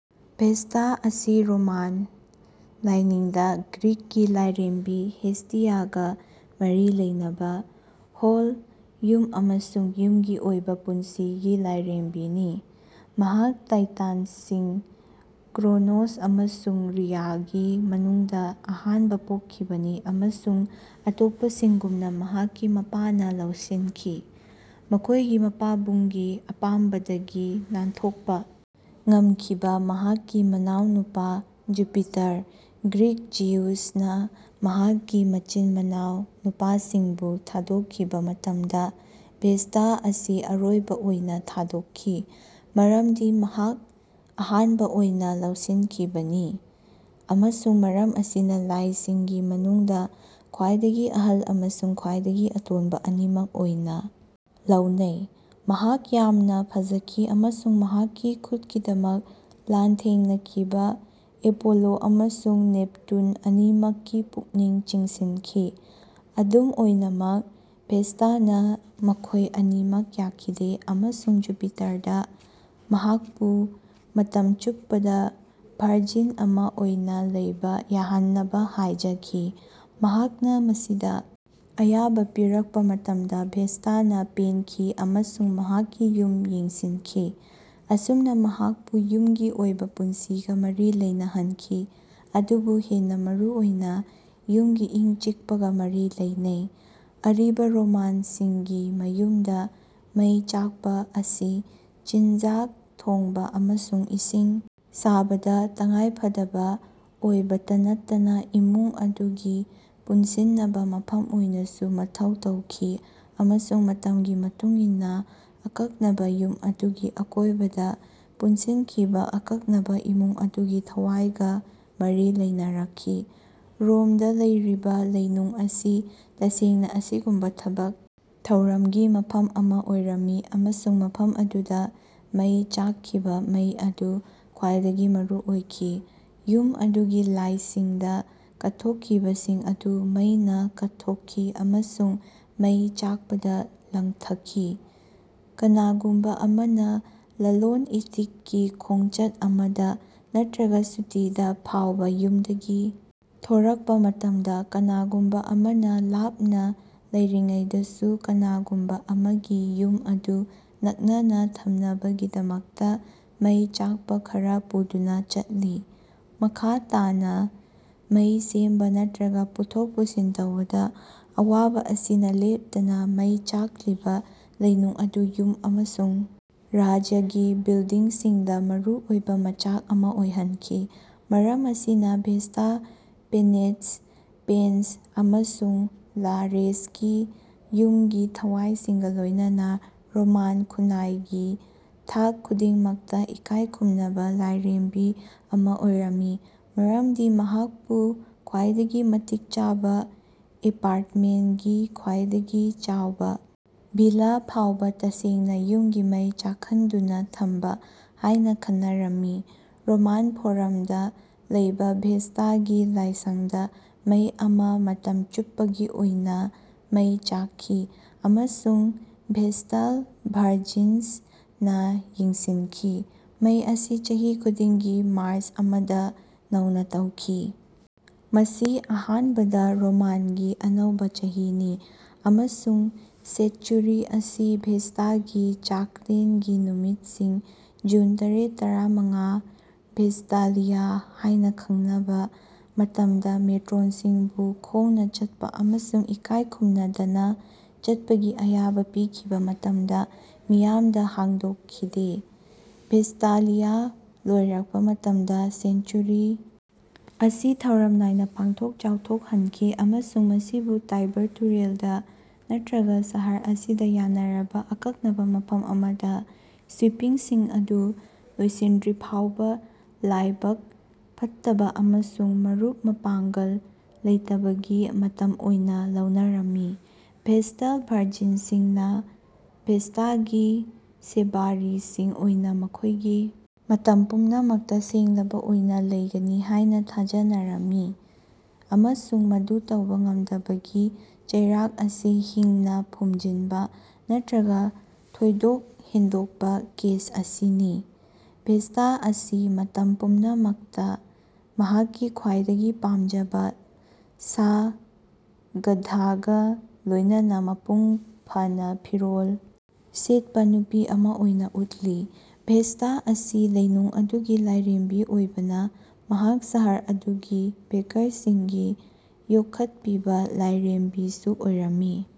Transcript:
Vesta ꯑꯁꯤ Roman ꯂꯥꯏꯅꯤꯡꯗ (ꯒ꯭ꯔꯤꯛꯀꯤ ꯂꯥꯏꯔꯦꯝꯕꯤ ꯍꯦꯁꯇꯤꯌꯥꯒ ꯃꯔꯤ ꯂꯩꯅꯕ) ꯍꯣꯜ, ꯌꯨꯝ ꯑꯃꯁꯨꯡ ꯌꯨꯝꯒꯤ ꯑꯣꯏꯕ ꯄꯨꯟꯁꯤꯒꯤ ꯂꯥꯏꯔꯦꯝꯕꯤꯅꯤ꯫ ꯃꯍꯥꯛ ꯇꯥꯏꯇꯟꯁꯤꯡ ꯀ꯭ꯔꯣꯅꯣꯁ ꯑꯃꯁꯨꯡ ꯔꯤꯌꯥꯒꯤ ꯃꯅꯨꯡꯗ ꯑꯍꯥꯟꯕ ꯄꯣꯛꯈꯤꯕꯅꯤ ꯑꯃꯁꯨꯡ ꯑꯇꯣꯞꯄꯁꯤꯡꯒꯨꯝꯅ ꯃꯍꯥꯛꯀꯤ ꯃꯄꯥꯅ ꯂꯧꯁꯤꯟꯈꯤ꯫ ꯃꯈꯣꯏꯒꯤ ꯃꯄꯥꯕꯨꯡꯒꯤ ꯑꯄꯥꯝꯕꯗꯒꯤ ꯅꯥꯟꯊꯣꯛꯄ ꯉꯝꯈꯤꯕ ꯃꯍꯥꯛꯀꯤ ꯃꯅꯥꯎꯅꯨꯄꯥ ꯖꯨꯄꯤꯇꯔ (ꯒ꯭ꯔꯤꯛ ꯖꯤꯎꯁ)ꯅ ꯃꯍꯥꯛꯀꯤ ꯃꯆꯤꯟ-ꯃꯅꯥꯎ ꯅꯨꯄꯥꯁꯤꯡꯕꯨ ꯊꯥꯗꯣꯛꯈꯤꯕ ꯃꯇꯝꯗ, ꯚꯦꯁꯇꯥ ꯑꯁꯤ ꯑꯔꯣꯏꯕ ꯑꯣꯏꯅ ꯊꯥꯗꯣꯛꯈꯤ (ꯃꯔꯝꯗꯤ ꯃꯍꯥꯛ ꯑꯍꯥꯟꯕ ꯑꯣꯏꯅ ꯂꯧꯁꯤꯟꯈꯤꯕꯅꯤ) ꯑꯃꯁꯨꯡ ꯃꯔꯝ ꯑꯁꯤꯅ ꯂꯥꯏꯁꯤꯡꯒꯤ ꯃꯅꯨꯡꯗ ꯈ꯭ꯋꯥꯏꯗꯒꯤ ꯑꯍꯜ ꯑꯃꯁꯨꯡ ꯈ꯭ꯋꯥꯏꯗꯒꯤ ꯑꯇꯣꯟꯕ ꯑꯅꯤꯃꯛ ꯑꯣꯏꯅ ꯂꯧꯅꯩ꯫ ꯃꯍꯥꯛ ꯌꯥꯝꯅ ꯐꯖꯈꯤ ꯑꯃꯁꯨꯡ ꯃꯍꯥꯛꯀꯤ ꯈꯨꯠꯀꯤꯗꯃꯛ ꯂꯥꯟꯊꯦꯡꯅꯈꯤꯕ ꯑꯦꯄꯣꯂꯣ ꯑꯃꯁꯨꯡ ꯅꯦꯞꯇꯨꯟ ꯑꯅꯤꯃꯛꯀꯤ ꯄꯨꯛꯅꯤꯡ ꯆꯤꯡꯁꯤꯟꯈꯤ꯫ ꯑꯗꯨꯝ ꯑꯣꯏꯅꯃꯛ, ꯚꯦꯁꯇꯥꯅ ꯃꯈꯣꯏ ꯑꯅꯤꯃꯛ ꯌꯥꯈꯤꯗꯦ, ꯑꯃꯁꯨꯡ ꯖꯨꯄꯤꯇꯔꯗ ꯃꯍꯥꯛꯄꯨ ꯃꯇꯝ ꯆꯨꯞꯄꯗ ꯚꯔꯖꯤꯟ ꯑꯃ ꯑꯣꯏꯅ ꯂꯩꯕ ꯌꯥꯍꯟꯅꯕ ꯍꯥꯏꯖꯈꯤ꯫ ꯃꯍꯥꯛꯅ ꯃꯁꯤꯗ ꯑꯌꯥꯕ ꯄꯤꯔꯛꯄ ꯃꯇꯝꯗ, ꯚꯦꯁꯇꯥꯅ ꯄꯦꯟꯈꯤ ꯑꯃꯁꯨꯡ ꯃꯍꯥꯛꯀꯤ ꯌꯨꯝ ꯌꯦꯡꯁꯤꯟꯈꯤ꯫ ꯑꯁꯨꯝꯅ ꯃꯍꯥꯛꯄꯨ ꯌꯨꯝꯒꯤ ꯑꯣꯏꯕ ꯄꯨꯟꯁꯤꯒ ꯃꯔꯤ ꯂꯩꯅꯍꯟꯈꯤ ꯑꯗꯨꯕꯨ ꯍꯦꯟꯅ ꯃꯔꯨꯑꯣꯏꯅ, ꯌꯨꯝꯒꯤ ꯏꯪ-ꯆꯤꯛꯄꯒ ꯃꯔꯤ ꯂꯩꯅꯩ꯫ ꯑꯔꯤꯕ ꯔꯣꯃꯥꯟꯁꯤꯡꯒꯤ ꯃꯌꯨꯝꯗ ꯃꯩ ꯆꯥꯛꯄ ꯑꯁꯤ ꯆꯤꯟꯖꯥꯛ ꯊꯣꯡꯕ ꯑꯃꯁꯨꯡ ꯏꯁꯤꯡ ꯁꯥꯕꯗ ꯇꯉꯥꯏꯐꯗꯕ ꯑꯣꯏꯕꯇ ꯅꯠꯇꯅ ꯏꯃꯨꯡ ꯑꯗꯨꯒꯤ ꯄꯨꯟꯁꯤꯟꯅꯕ ꯃꯐꯝ ꯑꯣꯏꯅꯁꯨ ꯃꯊꯧ ꯇꯧꯈꯤ ꯑꯃꯁꯨꯡ ꯃꯇꯝꯒꯤ ꯃꯇꯨꯡ ꯏꯟꯅ ꯑꯀꯛꯅꯕ ꯌꯨꯝ ꯑꯗꯨꯒꯤ ꯑꯀꯣꯏꯕꯗ ꯄꯨꯟꯁꯤꯟꯈꯤꯕ ꯑꯀꯛꯅꯕ ꯏꯃꯨꯡ ꯑꯗꯨꯒꯤ ꯊꯋꯥꯏꯒ ꯃꯔꯤ ꯂꯩꯅꯔꯛꯈꯤ꯫ ꯔꯣꯝꯗ ꯂꯩꯔꯤꯕ ꯂꯩꯅꯨꯡ ꯑꯁꯤ ꯇꯁꯦꯡꯅ ꯑꯁꯤꯒꯨꯝꯕ ꯊꯕꯛ ꯊꯧꯔꯝꯒꯤ ꯃꯐꯝ ꯑꯃ ꯑꯣꯏꯔꯝꯃꯤ ꯑꯃꯁꯨꯡ ꯃꯐꯝ ꯑꯗꯨꯗ ꯃꯩ ꯆꯥꯛꯈꯤꯕ ꯃꯩ ꯑꯗꯨ ꯈ꯭ꯋꯥꯏꯗꯒꯤ ꯃꯔꯨꯑꯣꯏꯈꯤ꯫ ꯌꯨꯝ ꯑꯗꯨꯒꯤ ꯂꯥꯏꯁꯤꯡꯗ ꯀꯠꯊꯣꯛꯈꯤꯕꯁꯤꯡ ꯑꯗꯨ ꯃꯩꯅ ꯀꯠꯊꯣꯛꯈꯤ ꯑꯃꯁꯨꯡ ꯃꯩ ꯆꯥꯛꯄꯗ ꯂꯪꯊꯈꯤ꯫ ꯀꯅꯥꯒꯨꯝꯕ ꯑꯃꯅ ꯂꯂꯣꯟ-ꯏꯇꯤꯛꯀꯤ ꯈꯣꯡꯆꯠ ꯑꯃꯗ, ꯅꯠꯇ꯭ꯔꯒ ꯁꯨꯇꯤꯗ ꯐꯥꯎꯕ ꯌꯨꯝꯗꯒꯤ ꯊꯣꯔꯛꯄ ꯃꯇꯝꯗ, ꯀꯅꯥꯒꯨꯝꯕ ꯑꯃꯅ ꯂꯥꯞꯅ ꯂꯩꯔꯤꯉꯩꯗꯁꯨ ꯀꯅꯥꯒꯨꯝꯕ ꯑꯃꯒꯤ ꯌꯨꯝ ꯑꯗꯨ ꯅꯛꯅꯅ ꯊꯝꯅꯕꯒꯤꯗꯃꯛꯇ ꯃꯩ ꯆꯥꯛꯄ ꯈꯔ ꯄꯨꯗꯨꯅ ꯆꯠꯂꯤ꯫ ꯃꯈꯥ ꯇꯥꯅ, ꯃꯩ ꯁꯦꯝꯕ ꯅꯠꯇ꯭ꯔꯒ ꯄꯨꯊꯣꯛ-ꯄꯨꯁꯤꯟ ꯇꯧꯕꯗ ꯑꯋꯥꯕ ꯑꯁꯤꯅ ꯂꯦꯞꯇꯅ ꯃꯩ ꯆꯥꯛꯂꯤꯕ ꯂꯩꯅꯨꯡ ꯑꯗꯨ ꯌꯨꯝ ꯑꯃꯁꯨꯡ ꯔꯥꯖ꯭ꯌꯒꯤ ꯕꯤꯜꯗꯤꯡꯁꯤꯡꯗ ꯃꯔꯨꯑꯣꯏꯕ ꯃꯆꯥꯛ ꯑꯃ ꯑꯣꯏꯍꯟꯈꯤ꯫ ꯃꯔꯝ ꯑꯁꯤꯅ ꯚꯦꯁꯇꯥ, ꯄꯦꯅꯦꯠꯁ, ꯄꯦꯟꯁ ꯑꯃꯁꯨꯡ ꯂꯥꯔꯦꯁꯀꯤ ꯌꯨꯝꯒꯤ ꯊꯋꯥꯏꯁꯤꯡꯒ ꯂꯣꯏꯅꯅ ꯔꯣꯃꯥꯟ ꯈꯨꯟꯅꯥꯏꯒꯤ ꯊꯥꯛ ꯈꯨꯗꯤꯡꯃꯛꯇ ꯏꯀꯥꯏ ꯈꯨꯝꯅꯕ ꯂꯥꯏꯔꯦꯝꯕꯤ ꯑꯃ ꯑꯣꯏꯔꯝꯃꯤ ꯃꯔꯝꯗꯤ ꯃꯍꯥꯛꯄꯨ ꯈ꯭ꯋꯥꯏꯗꯒꯤ ꯃꯇꯤꯛ ꯆꯥꯕ ꯑꯦꯄꯥ꯭ꯔꯠꯃꯦꯟꯒꯤ ꯈ꯭ꯋꯥꯏꯗꯒꯤ ꯆꯥꯎꯕ ꯚꯤꯂꯥ ꯐꯥꯎꯕ ꯇꯁꯦꯡꯅ "ꯌꯨꯝꯒꯤ ꯃꯩ ꯆꯥꯛꯍꯟꯗꯨꯅ ꯊꯝꯕ"ꯍꯥꯏꯅ ꯈꯟꯅꯔꯝꯃꯤ꯫ ꯔꯣꯃꯥꯟ ꯐꯣꯔꯝꯗ ꯂꯩꯕ ꯚꯦꯁꯇꯥꯒꯤ ꯂꯥꯏꯁꯪꯗ ꯃꯩ ꯑꯃ ꯃꯇꯝ ꯆꯨꯞꯄꯒꯤ ꯑꯣꯏꯅ ꯃꯩ ꯆꯥꯛꯈꯤ ꯑꯃꯁꯨꯡ ꯚꯦꯁꯇꯜ ꯚꯔꯖꯤꯟꯁ ꯅ ꯌꯦꯡꯁꯤꯟꯈꯤ꯫ ꯃꯩ ꯑꯁꯤ ꯆꯍꯤ ꯈꯨꯗꯤꯡꯒꯤ ꯃꯥꯔꯁ ꯑꯃꯗ ꯅꯧꯅ ꯇꯧꯈꯤ (ꯃꯁꯤ ꯑꯍꯥꯟꯕꯗ ꯔꯣꯃꯥꯟꯒꯤ ꯑꯅꯧꯕ ꯆꯍꯤꯅꯤ) ꯑꯃꯁꯨꯡ ꯁꯦꯠꯆꯨꯔꯤ ꯑꯁꯤ ꯚꯦꯁꯇꯥꯒꯤ ꯆꯥꯛꯂꯦꯟꯒꯤ ꯅꯨꯃꯤꯠꯁꯤꯡ (ꯖꯨꯟ ꯇꯔꯦꯠ-ꯇꯔꯥꯃꯉꯥ, ꯚꯦꯁꯇꯥꯂꯤꯌꯥ ꯍꯥꯏꯅ ꯈꯪꯅꯕ) ꯃꯇꯝꯗ ꯃꯦꯇ꯭ꯔꯣꯟꯁꯤꯡꯕꯨ ꯈꯣꯡꯅ ꯆꯠꯄ ꯑꯃꯁꯨꯡ ꯏꯀꯥꯏ ꯈꯨꯝꯅꯗꯅ ꯆꯠꯄꯒꯤ ꯑꯌꯥꯕ ꯄꯤꯈꯤꯕ ꯃꯇꯝꯗ ꯃꯤꯌꯥꯝꯗ ꯍꯥꯡꯗꯣꯛꯈꯤꯗꯦ꯫ ꯚꯦꯁꯇꯥꯂꯤꯌꯥ ꯂꯣꯏꯔꯛꯄ ꯃꯇꯝꯗ ꯁꯦꯟꯆꯨꯔꯤ ꯑꯁꯤ ꯊꯧꯔꯝ ꯅꯥꯏꯅ ꯄꯥꯛꯊꯣꯛ ꯆꯥꯎꯊꯣꯛꯍꯟꯈꯤ ꯑꯃꯁꯨꯡ ꯃꯁꯤꯕꯨ ꯇꯥꯏꯕꯔ ꯇꯨꯔꯦꯜꯗ ꯅꯠꯇ꯭ꯔꯒ ꯁꯍꯔ ꯑꯁꯤꯗ ꯌꯥꯅꯔꯕ ꯑꯀꯛꯅꯕ ꯃꯐꯝ ꯑꯃꯗ ꯁ꯭ꯋꯤꯄꯤꯡꯁꯤꯡ ꯑꯗꯨ ꯂꯣꯏꯁꯤꯟꯗ꯭ꯔꯤꯐꯥꯎꯕ ꯂꯥꯏꯕꯛ ꯐꯠꯇꯕ ꯑꯃꯁꯨꯡ ꯃꯔꯨꯞ-ꯃꯄꯥꯡꯒꯜ ꯂꯩꯇꯕꯒꯤ ꯃꯇꯝ ꯑꯣꯏꯅ ꯂꯧꯅꯔꯝꯃꯤ꯫ ꯚꯦꯁꯇꯜ ꯚꯔꯖꯤꯟꯁꯤꯡꯅ ꯚꯦꯁꯇꯥꯒꯤ ꯁꯦꯕꯥꯔꯤꯁꯤꯡ ꯑꯣꯏꯅ ꯃꯈꯣꯏꯒꯤ ꯃꯇꯝ ꯄꯨꯝꯅꯃꯛꯇ ꯁꯦꯡꯂꯕ ꯑꯣꯏꯅ ꯂꯩꯒꯅꯤ ꯍꯥꯏꯅ ꯊꯥꯖꯅꯔꯝꯃꯤ ꯑꯃꯁꯨꯡ ꯃꯗꯨ ꯇꯧꯕ ꯉꯝꯗꯕꯒꯤ ꯆꯩꯔꯥꯛ ꯑꯁꯤ ꯍꯤꯡꯅ ꯐꯨꯝꯖꯤꯟꯕ ꯅꯠꯇ꯭ꯔꯒ ꯊꯣꯏꯗꯣꯛ ꯍꯦꯟꯗꯣꯛꯄ ꯀꯦꯁ ꯑꯁꯤꯅꯤ꯫ ꯚꯦꯁꯇꯥ ꯑꯁꯤ ꯃꯇꯝ ꯄꯨꯝꯅꯃꯛꯇ ꯃꯍꯥꯛꯀꯤ ꯈ꯭ꯋꯥꯏꯗꯒꯤ ꯄꯥꯝꯖꯕ ꯁꯥ, ꯒꯙꯥꯒ ꯂꯣꯏꯅꯅ ꯃꯄꯨꯡ ꯐꯥꯅ ꯐꯤꯔꯣꯜ ꯁꯦꯠꯄ ꯅꯨꯄꯤ ꯑꯃ ꯑꯣꯏꯅ ꯎꯠꯂꯤ꯫ ꯚꯦꯁꯇꯥ ꯑꯁꯤ ꯂꯩꯅꯨꯡ ꯑꯗꯨꯒꯤ ꯂꯥꯏꯔꯦꯝꯕꯤ ꯑꯣꯏꯕꯅ ꯃꯍꯥꯛ ꯁꯍꯔ ꯑꯗꯨꯒꯤ ꯕꯦꯀꯔꯁꯤꯡꯒꯤ ꯌꯣꯛꯈꯠꯄꯤꯕ ꯂꯥꯏꯔꯦꯝꯕꯤꯁꯨ ꯑꯣꯏꯔꯝꯃꯤ꯫